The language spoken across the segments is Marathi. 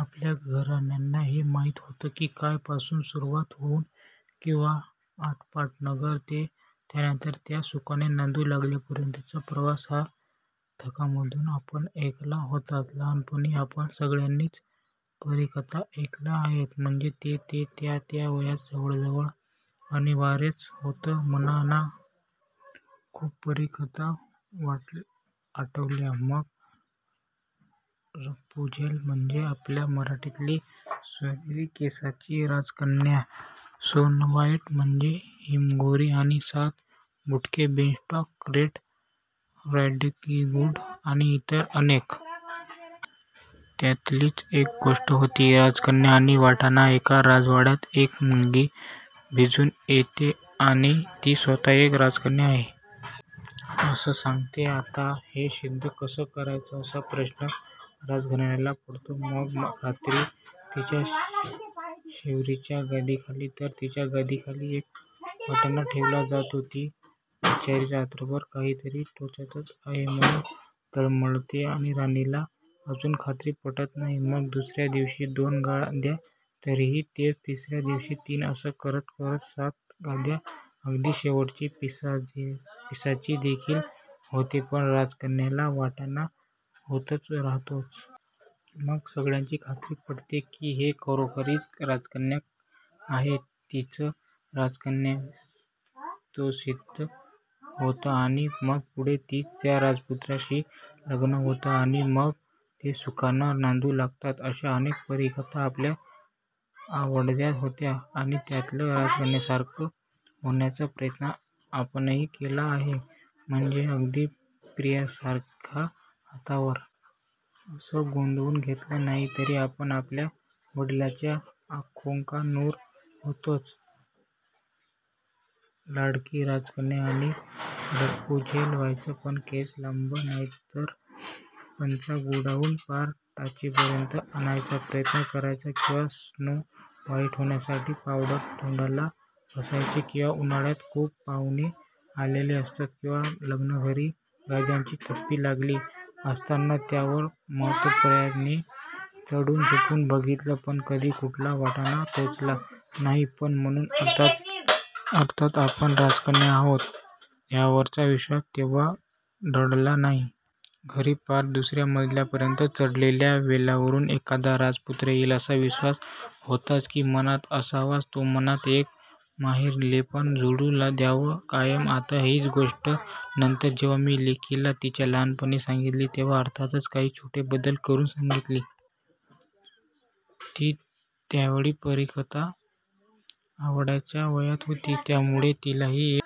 आपल्या घरच्यांना हे माहिती होतं की काय? पासून सुरुवात होऊन किंवा आटपाटनगर ते त्यानंतर ते सुखाने नांदू लागलेपर्यंतचा प्रवास ह्या कथांमधून आपण ऐकला होता. लहानपणी आपण सगळ्यांनीच परीकथा ऐकल्या आहेत, म्हणजे ते-ते त्या-त्या वयात जवळजवळ अनिवार्यच होतं म्हणा ना! खूप परीकथा आठवल्या मग! रपुंझेल म्हणजे आपल्या मराठीतली सोनेरी केसांची राजकन्या, स्नो व्हाइट म्हणजे हिमगौरी आणि सात बुटके, बिनस्टॉक, रेड रायडिंगहूड आणि इतर अनेक.. त्यातलीच एक गोष्ट होती, राजकन्या आणि वाटाणा एका राजवाड्यात एक मुलगी भिजून येते आणि ती स्वतः एक राजकन्या आहे. असं सांगते, आता हे सिद्ध कसं करायचं असा प्रश्न राजघराण्याला पडतो. मग रात्री तिच्या शेवरीच्या गादीखाली तर तिच्या गादीखाली एक वाटाणा ठेवला जातो, ती बिचारी रात्रभर काहीतरी टोचतं आहे म्हणून तळमळते. राणीला अजून खात्री पटत नाही मग दुसऱ्या दिवशी दोन गाद्या, तरीही तेच, तिसऱ्या दिवशी तीन असं करत करत सात गाद्या, अगदी शेवटची पिसाचीदेखील होतेपण राजकन्येला वाटाणा टोचत राहतोच! मग सगळ्यांची खात्री पटते की ही खरोखरीची राजकन्या आहे! तिचं राजकन्यत्वसिद्ध होतं आणि मग पुढे तिचं त्या राजपुत्राशी लग्न होतं आणि मग ते सुखानं नांदू लागतात. अशा अनेक परीकथा आपल्या आवडत्या होत्या, आणि त्यातल्या राजकन्येसारखं होण्याचा प्रयत्न आपणही केला आहे म्हणजे अगदी प्रियांकासारखं हातावर '! असं गोंदवून घेतलं नाही, तरी आपण आपल्या वडिलांच्या 'आंखोंका नूर' होतोच होतो, लाडकी राजकन्या! आणि रपुंझेल व्हायचं पण केस लांब नाहीत तर पंचा गुंडाळून पार टाचेपर्यंत आणायचा प्रयत्न करायचा किंवा स्नो व्हाइट होण्यासाठी पावडर तोंडाला फासायची किंवा उन्हाळ्यात खूप पाहुणे आलेले असताना, किंवा लग्नघरी गाद्यांची थप्पी लागली असताना त्यावर महत्प्रयासाने चढून झोपून बघितलं पण कधी कुठला वाटाणा टोचला नाही पण म्हणून अर्थात आपण राजकन्या आहोत ह्यावरचा विश्वास तेंव्हा ढळला नाही. घरी पार दुसऱ्या मजल्यापर्यंत चढलेल्या वेलावरून एखादा राजपुत्र येईल असा विश्वास होताच की मनात! असावाच तो मनात! एक मोहरलेपण झुलू द्यावं कायम आत! हीच गोष्ट नंतर जेंव्हा मी लेकीला तिच्या लहानपणी सांगितली तेंव्हा अर्थातच काही छोटे बदल करुन सांगितली! ती त्यावेळी परीकथा आवडायच्या वयात होती त्यामुळे तिलाही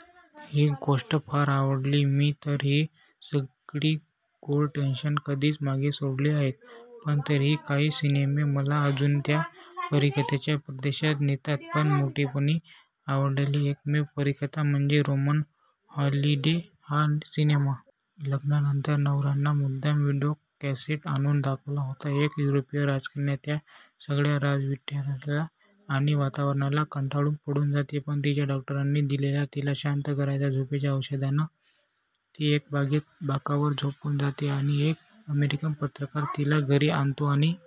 ही गोष्ट फार आवडली. मी तर ही सगळी गोड स्टेशन्स कधीच मागे सोडली आहेत पण तरीही काही सिनेमे मला अजून त्या परीकथेच्या प्रदेशात नेतात. पण मोठेपणी आवडलेली एकमेव परीकथा म्हणजे रोमन हॉलिडे हा सिनेमा! लग्नानंतर नवऱ्यानं मुद्दाम विडिओ कॅसेट आणून दाखवला होता. एक युरोपीय राजकन्या त्या सगळ्या राजशिष्टाचाराला आणि वातावरणाला कंटाळून पळून जाते. पण तिच्या डॉक्टरांनी दिलेल्या तिला शांत करायच्या झोपेच्या औषधानं ती एका बागेत बाकावर झोपून जाते, आणि एक अमेरिकन पत्रकार तिला घरी आणतो आणि--